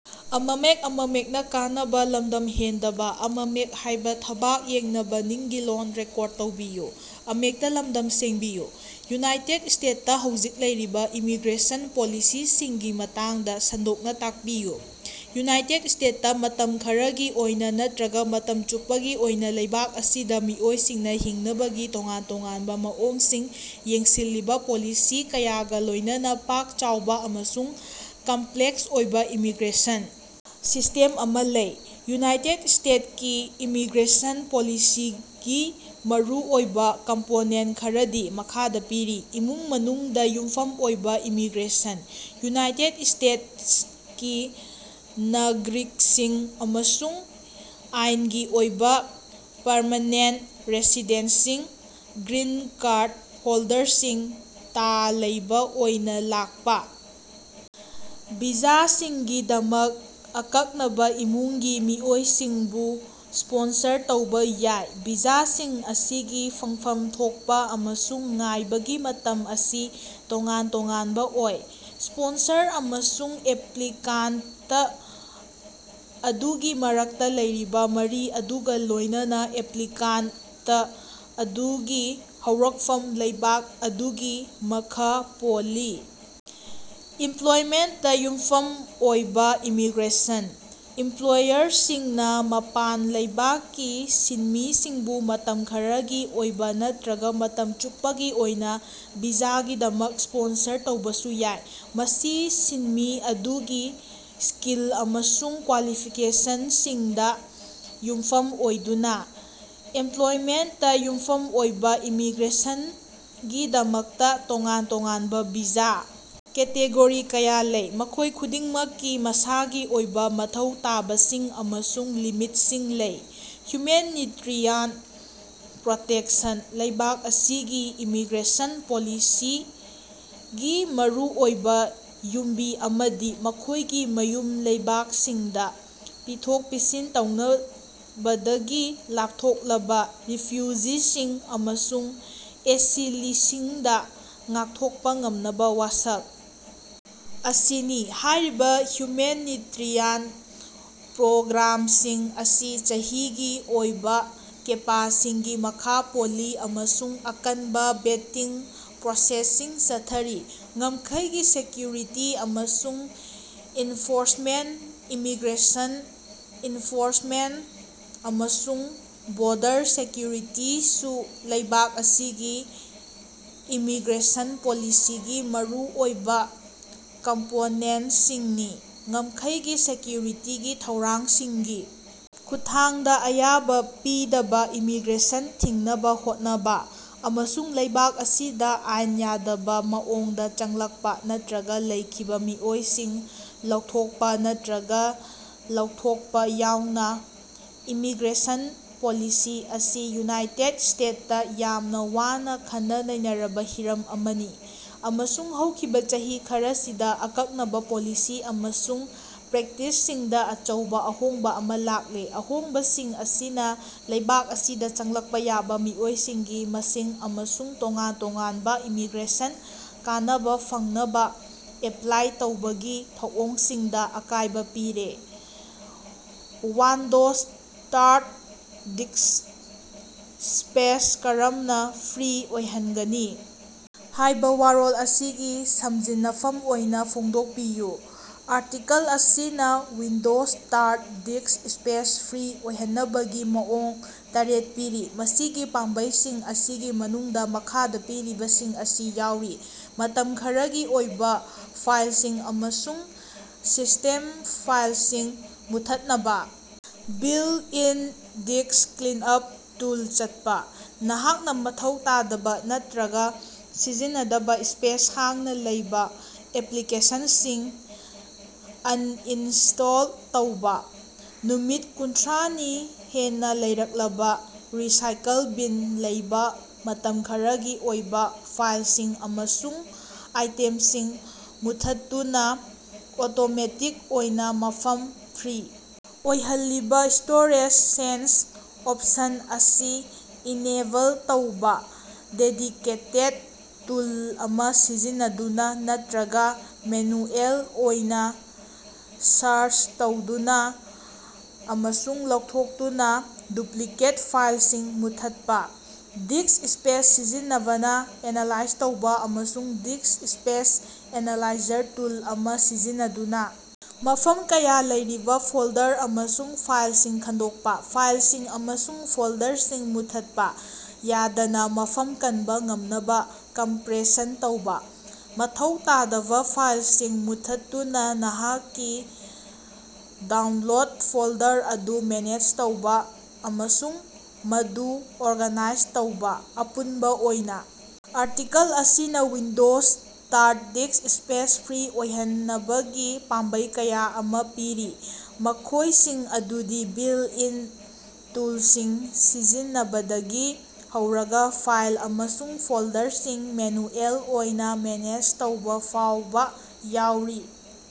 United ꯁ꯭ꯇꯦꯠꯁꯇ ꯍꯧꯖꯤꯛ ꯂꯩꯔꯤꯕ ꯏꯃꯤꯒ꯭ꯔꯦꯁꯟ ꯄꯣꯂꯤꯁꯤꯁꯤꯡꯒꯤ ꯃꯇꯥꯡꯗ ꯁꯟꯗꯣꯛꯅ ꯇꯥꯛꯄꯤꯌꯨ꯫ ꯌꯨꯅꯥꯏꯇꯦꯗ ꯁ꯭ꯇꯦꯠꯁꯇ ꯃꯇꯝ ꯈꯔꯒꯤ ꯑꯣꯏꯅ ꯅꯠꯇ꯭ꯔꯒ ꯃꯇꯝ ꯆꯨꯞꯄꯒꯤ ꯑꯣꯏꯅ ꯂꯩꯕꯥꯛ ꯑꯁꯤꯗ ꯃꯤꯑꯣꯏꯁꯤꯡꯅ ꯍꯤꯡꯅꯕꯒꯤ ꯇꯣꯉꯥꯟ-ꯇꯣꯉꯥꯟꯕ ꯃꯑꯣꯡꯁꯤꯡ ꯌꯦꯡꯁꯤꯜꯂꯤꯕ ꯄꯣꯂꯤꯁꯤ ꯀꯌꯥꯒ ꯂꯣꯏꯅꯅ ꯄꯥꯛ-ꯆꯥꯎꯕ ꯑꯃꯁꯨꯡ ꯀꯝꯄ꯭ꯂꯦꯛꯁ ꯑꯣꯏꯕ ꯏꯃꯤꯒ꯭ꯔꯦꯁꯟ ꯁꯤꯁꯇꯦꯝ ꯑꯃ ꯂꯩ꯫ ꯌꯨꯅꯥꯏꯇꯦꯠ ꯏꯁꯇꯦꯠꯁ ꯀꯤ ꯏꯃꯤꯒ꯭ꯔꯦꯁꯟ ꯄꯣꯂꯤꯁꯤꯒꯤ ꯃꯔꯨꯑꯣꯏꯕ ꯀꯝꯄꯣꯅꯦꯟꯇ ꯈꯔꯗꯤ ꯃꯈꯥꯗ ꯄꯤꯔꯤ: ꯏꯃꯨꯡ-ꯃꯅꯨꯡꯗ ꯌꯨꯝꯐꯝ ꯑꯣꯏꯕ ꯏꯃꯤꯒ꯭ꯔꯦꯁꯟ: ꯌꯨꯅꯥꯏꯇꯦꯗ ꯏꯁꯇꯦꯠꯁ ꯀꯤ ꯅꯥꯒꯔꯤꯛꯁꯤꯡ ꯑꯃꯁꯨꯡ ꯑꯥꯏꯟꯒꯤ ꯑꯣꯏꯕ ꯄꯔꯃꯦꯅꯦꯟꯇ ꯔꯦꯁꯤꯗꯦꯟꯇꯁꯤꯡ (ꯒ꯭ꯔꯤꯟ ꯀꯥꯔꯗ ꯍꯣꯜꯗꯔꯁꯤꯡ) ꯇꯥ ꯂꯩꯕ ꯑꯣꯏꯅ ꯂꯥꯛꯄ ꯚꯤꯖꯥꯁꯤꯡꯒꯤꯗꯃꯛ ꯑꯀꯛꯅꯕ ꯏꯃꯨꯡꯒꯤ ꯃꯤꯑꯣꯏꯁꯤꯡꯕꯨ ꯁ꯭ꯄꯣꯟꯁꯔ ꯇꯧꯕ ꯌꯥꯏ ꯚꯤꯖꯥꯁꯤꯡ ꯑꯁꯤꯒꯤ ꯐꯪꯐꯝ ꯊꯣꯛꯄ ꯑꯃꯁꯨꯡ ꯉꯥꯏꯕꯒꯤ ꯃꯇꯝ ꯑꯁꯤ ꯇꯣꯉꯥꯟ-ꯇꯣꯉꯥꯟꯕ ꯑꯣꯏ꯫ ꯁ꯭ꯄꯣꯟꯁꯔ ꯑꯃꯁꯨꯡ ꯑꯦꯄ꯭ꯂꯤꯀꯥꯟꯇ ꯑꯗꯨꯒꯤ ꯃꯔꯛꯇ ꯂꯩꯔꯤꯕ ꯃꯔꯤ ꯑꯗꯨꯒ ꯂꯣꯏꯅꯅ ꯑꯦꯄ꯭ꯂꯤꯀꯥꯟꯇ ꯑꯗꯨꯒꯤ ꯍꯧꯔꯛꯐꯝ ꯂꯩꯕꯥꯛ ꯑꯗꯨꯒꯤ ꯃꯈ ꯄꯣꯜꯂꯤ꯫ ꯏꯝꯄ꯭ꯂꯣꯏꯃꯦꯟꯇꯇꯥ ꯌꯨꯝꯐꯝ ꯑꯣꯏꯕ ꯏꯃꯤꯒ꯭ꯔꯦꯁꯟ: ꯏꯝꯄ꯭ꯂꯣꯌꯔꯁꯤꯡꯅ ꯃꯄꯥꯟ ꯂꯩꯕꯥꯛꯀꯤ ꯁꯤꯟꯃꯤꯁꯤꯡꯕꯨ ꯃꯇꯝ ꯈꯔꯒꯤ ꯑꯣꯏꯕ ꯅꯠꯇ꯭ꯔꯒ ꯃꯇꯝ ꯆꯨꯞꯄꯒꯤ ꯑꯣꯏꯅ ꯚꯤꯖꯥꯒꯤꯗꯃꯛ ꯁ꯭ꯄꯣꯟꯁꯔ ꯇꯧꯕꯁꯨ ꯌꯥꯏ, ꯃꯁꯤ ꯁꯤꯟꯃꯤ ꯑꯗꯨꯒꯤ ꯁ꯭ꯀꯤꯜ ꯑꯃꯁꯨꯡ ꯀ꯭ꯋꯥꯂꯤꯐꯤꯀꯦꯁꯟꯁꯤꯡꯗ ꯌꯨꯝꯐꯝ ꯑꯣꯏꯗꯨꯅ꯫ ꯏꯝꯄ꯭ꯂꯣꯏꯃꯦꯟꯇꯇꯥ ꯌꯨꯝꯐꯝ ꯑꯣꯏꯕ ꯏꯃꯤꯒ꯭ꯔꯦꯁꯟꯒꯤꯗꯃꯛꯇꯥ ꯇꯣꯉꯥꯟ-ꯇꯣꯉꯥꯟꯕ ꯚꯤꯖꯥ ꯀꯦꯇꯦꯒꯣꯔꯤ ꯀꯌꯥ ꯂꯩ, ꯃꯈꯣꯏ ꯈꯨꯗꯤꯡꯃꯛꯀꯤ ꯃꯁꯥꯒꯤ ꯑꯣꯏꯕ ꯃꯊꯧ ꯇꯥꯕꯁꯤꯡ ꯑꯃꯁꯨꯡ ꯂꯤꯃꯤꯠꯁꯤꯡ ꯂꯩ꯫ ꯍ꯭ꯌꯨꯃꯦꯅꯤꯇꯔꯤꯌꯥꯟ ꯄ꯭ꯔꯣꯇꯦꯛꯁꯟ: ꯂꯩꯕꯥꯛ ꯑꯁꯤꯒꯤ ꯏꯃꯤꯒ꯭ꯔꯦꯁꯟ ꯄꯣꯂꯤꯁꯤꯒꯤ ꯃꯔꯨꯑꯣꯏꯕ ꯌꯨꯝꯕꯤ ꯑꯃꯗꯤ ꯃꯈꯣꯏꯒꯤ ꯃꯌꯨꯝ ꯂꯩꯕꯥꯛꯁꯤꯡꯗ ꯄꯤꯊꯣꯛ-ꯄꯤꯁꯤꯟ ꯇꯧꯅꯕꯗꯒꯤ ꯂꯥꯞꯊꯣꯛꯂꯕ ꯔꯤꯐ꯭ꯌꯨꯖꯤꯁꯤꯡ ꯑꯃꯁꯨꯡ ꯑꯦꯁꯤꯂꯤꯁꯤꯡꯗꯥ ꯉꯥꯛꯊꯣꯛꯄ ꯉꯝꯅꯕ ꯋꯥꯁꯛ ꯑꯁꯤꯅꯤ꯫ ꯍꯥꯏꯔꯤꯕ ꯍ꯭ꯌꯨꯃꯦꯅꯤꯇꯔꯤꯌꯥꯟ ꯄ꯭ꯔꯣꯒ꯭ꯔꯥꯝꯁꯤꯡ ꯑꯁꯤ ꯆꯍꯤꯒꯤ ꯑꯣꯏꯕ ꯀꯦꯄꯥꯁꯤꯡꯒꯤ ꯃꯈꯥ ꯄꯣꯜꯂꯤ ꯑꯃꯁꯨꯡ ꯑꯀꯟꯕ ꯚꯦꯇꯤꯡ ꯄ꯭ꯔꯣꯁꯦꯁꯁꯤꯡ ꯆꯠꯊꯔꯤ꯫ ꯉꯝꯈꯩꯒꯤ ꯁꯦꯀ꯭ꯌꯨꯔꯤꯇꯤ ꯑꯃꯁꯨꯡ ꯏꯟꯐꯣꯔꯁꯃꯦꯟꯇ: ꯏꯃꯤꯒ꯭ꯔꯦꯁꯟ ꯏꯟꯐꯣꯔꯁꯃꯦꯟꯇ ꯑꯃꯁꯨꯡ ꯕꯣꯔꯗꯔ ꯁꯦꯀ꯭ꯌꯨꯔꯤꯇꯤꯁꯨ ꯂꯩꯕꯥꯛ ꯑꯁꯤꯒꯤ ꯏꯃꯤꯒ꯭ꯔꯦꯁꯟ ꯄꯣꯂꯤꯁꯤꯒꯤ ꯃꯔꯨꯑꯣꯏꯕ ꯀꯝꯄꯣꯅꯦꯟꯇꯁꯤꯡꯅꯤ꯫ ꯉꯝꯈꯩꯒꯤ ꯁꯦꯀ꯭ꯌꯨꯔꯤꯇꯤꯒꯤ ꯊꯧꯔꯥꯡꯁꯤꯡꯒꯤ ꯈꯨꯠꯊꯥꯡꯗ ꯑꯌꯥꯕ ꯄꯤꯗꯕ ꯏꯃꯤꯒ꯭ꯔꯦꯁꯟ ꯊꯤꯡꯅꯕ ꯍꯣꯠꯅꯕ, ꯑꯃꯁꯨꯡ ꯂꯩꯕꯥꯛ ꯑꯁꯤꯗ ꯑꯥꯏꯟꯅ ꯌꯥꯗꯕ ꯃꯑꯣꯡꯗꯥ ꯆꯪꯂꯛꯄ ꯅꯠꯇ꯭ꯔꯒ ꯂꯩꯈꯤꯕ ꯃꯤꯑꯣꯏꯁꯤꯡ ꯂꯧꯊꯣꯛꯄ ꯅꯠꯇ꯭ꯔꯒ ꯂꯧꯊꯣꯛꯄ ꯌꯥꯎꯅ꯫ ꯏꯃꯤꯒ꯭ꯔꯦꯁꯟ ꯄꯣꯂꯤꯁꯤ ꯑꯁꯤ ꯌꯨꯅꯥꯏꯇꯦꯗ ꯁ꯭ꯇꯦꯇꯁꯇ ꯌꯥꯝꯅ ꯋꯥꯅ ꯈꯟꯅ-ꯅꯩꯅꯔꯕ ꯍꯤꯔꯝ ꯑꯃꯅꯤ, ꯑꯃꯁꯨꯡ ꯍꯧꯈꯤꯕ ꯆꯍꯤ ꯈꯔꯁꯤꯗ ꯑꯀꯛꯅꯕ ꯄꯣꯂꯤꯁꯤ ꯑꯃꯁꯨꯡ ꯄ꯭ꯔꯦꯛꯇꯤꯁꯁꯤꯡꯗ ꯑꯆꯧꯕ ꯑꯍꯣꯡꯕ ꯑꯃ ꯂꯥꯛꯂꯦ꯫ ꯑꯍꯣꯡꯕꯁꯤꯡ ꯑꯁꯤꯅ ꯂꯩꯕꯥꯛ ꯑꯁꯤꯗ ꯆꯪꯂꯛꯄ ꯌꯥꯕ ꯃꯤꯑꯣꯏꯁꯤꯡꯒꯤ ꯃꯁꯤꯡ ꯑꯃꯁꯨꯡ ꯇꯣꯉꯥꯟ ꯇꯣꯉꯥꯟꯕ ꯏꯃꯤꯒ꯭ꯔꯦꯁꯟꯒꯤ ꯀꯥꯟꯅꯕ ꯐꯪꯅꯕ ꯑꯦꯄ꯭ꯂꯥꯏ ꯇꯧꯕꯒꯤ ꯊꯧꯑꯣꯡꯁꯤꯡꯗ ꯑꯀꯥꯏꯕ ꯄꯤꯔꯦ꯫ "ꯋꯥꯟꯗꯣꯖ ꯇꯔꯥꯗ ꯗꯤꯁ꯭ꯛ ꯁ꯭ꯄꯦꯁ ꯀꯔꯝꯅ ꯐ꯭ꯔꯤ ꯑꯣꯏꯍꯟꯒꯅꯤ?" ꯍꯥꯏꯕ ꯋꯥꯔꯣꯜ ꯑꯁꯤꯒꯤ ꯁꯝꯖꯤꯟꯅꯐꯝ ꯑꯣꯏꯅ ꯐꯣꯡꯗꯣꯛꯄꯤꯌꯨ꯫ ꯑꯥꯔꯇꯤꯀꯜ ꯑꯁꯤꯅ ꯋꯤꯟꯗꯣꯖ ꯇꯔꯥꯗ ꯗꯤꯁ꯭ꯛ ꯁ꯭ꯄꯦꯁ ꯐ꯭ꯔꯤ ꯑꯣꯏꯍꯟꯅꯕꯒꯤ ꯃꯑꯣꯡ ꯇꯔꯦꯠ ꯄꯤꯔꯤ, ꯃꯁꯤꯒꯤ ꯄꯥꯝꯕꯩꯁꯤꯡ ꯑꯁꯤꯒꯤ ꯃꯅꯨꯡꯗ ꯃꯈꯥꯗ ꯄꯤꯔꯤꯕꯁꯤꯡ ꯑꯁꯤ ꯌꯥꯎꯔꯤ: ꯃꯇꯝ ꯈꯔꯒꯤ ꯑꯣꯏꯕ ꯐꯥꯏꯜꯁꯤꯡ ꯑꯃꯁꯨꯡ ꯁꯤꯁ꯭ꯇꯦꯝ ꯐꯥꯏꯜꯁꯤꯡ ꯃꯨꯠꯊꯠꯅꯕ ꯕꯤꯜꯇ-ꯏꯟ ꯗꯤꯁ꯭ꯛ ꯀ꯭ꯂꯤꯟꯑꯞ ꯇꯨꯜ ꯆꯠꯄ꯫ ꯅꯍꯥꯛꯅ ꯃꯊꯧ ꯇꯥꯗꯕ ꯅꯠꯇꯔꯒ ꯁꯤꯖꯤꯟꯅꯗꯕ ꯁ꯭ꯄꯦꯁ-ꯍꯥꯡꯅ ꯂꯩꯕ ꯑꯦꯄ꯭ꯂꯤꯀꯦꯁꯟꯁꯤꯡ ꯑꯟꯏꯟꯁꯇꯣꯜ ꯇꯧꯕ꯫ ꯅꯨꯃꯤꯠ ꯀꯨꯟꯊ꯭ꯔꯥꯅꯤ ꯍꯦꯟꯅ ꯂꯩꯔꯛꯂꯕ ꯔꯤꯁꯥꯏꯀꯜ ꯕꯤꯟꯗ ꯂꯩꯕ ꯃꯇꯝ ꯈꯔꯒꯤ ꯑꯣꯏꯕ ꯐꯥꯏꯜꯁꯤꯡ ꯑꯃꯁꯨꯡ ꯑꯥꯏꯇꯦꯝꯁꯤꯡ ꯃꯨꯠꯊꯠꯇꯨꯅ ꯑꯣꯇꯣꯃꯦꯇꯤꯛ ꯑꯣꯏꯅ ꯃꯐꯝ ꯐ꯭ꯔꯤ ꯑꯣꯏꯍꯜꯂꯤꯕ ꯁ꯭ꯇꯣꯔꯦꯖ ꯁꯦꯟꯁ ꯑꯣꯞꯁꯟ ꯑꯁꯤ ꯏꯅꯦꯕꯜ ꯇꯧꯕ꯫ ꯗꯦꯗꯤꯀꯦꯇꯦꯗ ꯇꯨꯜ ꯑꯃ ꯁꯤꯖꯤꯟꯅꯗꯨꯅ ꯅꯠꯇ꯭ꯔꯒ ꯃꯦꯅꯨꯑꯦꯜ ꯑꯣꯏꯅ ꯁꯥꯔꯆ ꯇꯧꯗꯨꯅ ꯑꯃꯁꯨꯡ ꯂꯧꯊꯣꯛꯇꯨꯅ ꯗꯨꯄ꯭ꯂꯤꯀꯦꯠ ꯐꯥꯏꯜꯁꯤꯡ ꯃꯨꯠꯊꯠꯄ꯫ ꯗꯤꯁ꯭ꯛ ꯁ꯭ꯄꯦꯁ ꯁꯤꯖꯤꯟꯅꯕ ꯑꯦꯅꯥꯂꯥꯏꯖ ꯇꯧꯕ ꯑꯃꯁꯨꯡ ꯗꯤꯁ꯭ꯛ ꯁ꯭ꯄꯦꯁ ꯑꯦꯅꯥꯂꯥꯏꯖꯔ ꯇꯨꯜ ꯑꯃ ꯁꯤꯖꯤꯟꯅꯗꯨꯅ ꯃꯐꯝ ꯀꯌꯥ ꯂꯧꯔꯤꯕ ꯐꯣꯜꯗꯔ ꯑꯃꯁꯨꯡ ꯐꯥꯏꯜꯁꯤꯡ ꯈꯪꯗꯣꯛꯄ꯫ ꯐꯥꯏꯜꯁꯤꯡ ꯑꯃꯁꯨꯡ ꯐꯣꯜꯗꯔꯁꯤꯡ ꯃꯨꯠꯊꯠꯄ ꯌꯥꯗꯅ ꯃꯐꯝ ꯀꯟꯕ ꯉꯝꯅꯕ ꯀꯝꯄ꯭ꯔꯦꯁꯟ ꯇꯧꯕ꯫ ꯃꯊꯧ ꯇꯥꯗꯕ ꯐꯥꯏꯜꯁꯤꯡ ꯃꯨꯠꯊꯠꯇꯨꯅ ꯅꯍꯥꯛꯀꯤ ꯗꯥꯎꯟꯂꯣꯗ ꯐꯣꯜꯗꯔ ꯑꯗꯨ ꯃꯦꯅꯦꯖ ꯇꯧꯕ ꯑꯃꯁꯨꯡ ꯃꯗꯨ ꯑꯣꯔꯒꯥꯅꯥꯏꯖ ꯇꯧꯕ꯫ ꯑꯄꯨꯟꯕ ꯑꯣꯏꯅ ꯑꯥꯔꯇꯤꯀꯜ ꯑꯁꯤꯅ ꯋꯤꯟꯗꯣꯖ ꯇꯔꯥꯗ ꯗꯤꯁ꯭ꯛ ꯁ꯭ꯄꯦꯁ ꯐ꯭ꯔꯤ ꯑꯣꯏꯍꯟꯅꯕꯒꯤ ꯄꯥꯝꯕꯩ ꯀꯌ ꯑꯃ ꯄꯤꯔꯤ, ꯃꯈꯣꯏꯁꯤꯡ ꯑꯗꯨꯗꯤ ꯕꯤꯜꯇ-ꯏꯟ ꯇꯨꯜꯁꯤꯡ ꯁꯤꯖꯤꯟꯅꯕꯗꯒꯤ ꯍꯧꯔꯒ ꯐꯥꯏꯜ ꯑꯃꯁꯨꯡ ꯐꯣꯜꯗꯔꯁꯤꯡ ꯃꯦꯅꯨꯑꯦꯜ ꯑꯣꯏꯅ ꯃꯦꯅꯦꯖ ꯇꯧꯕꯐꯥꯎꯕ ꯌꯥꯎꯔꯤ꯫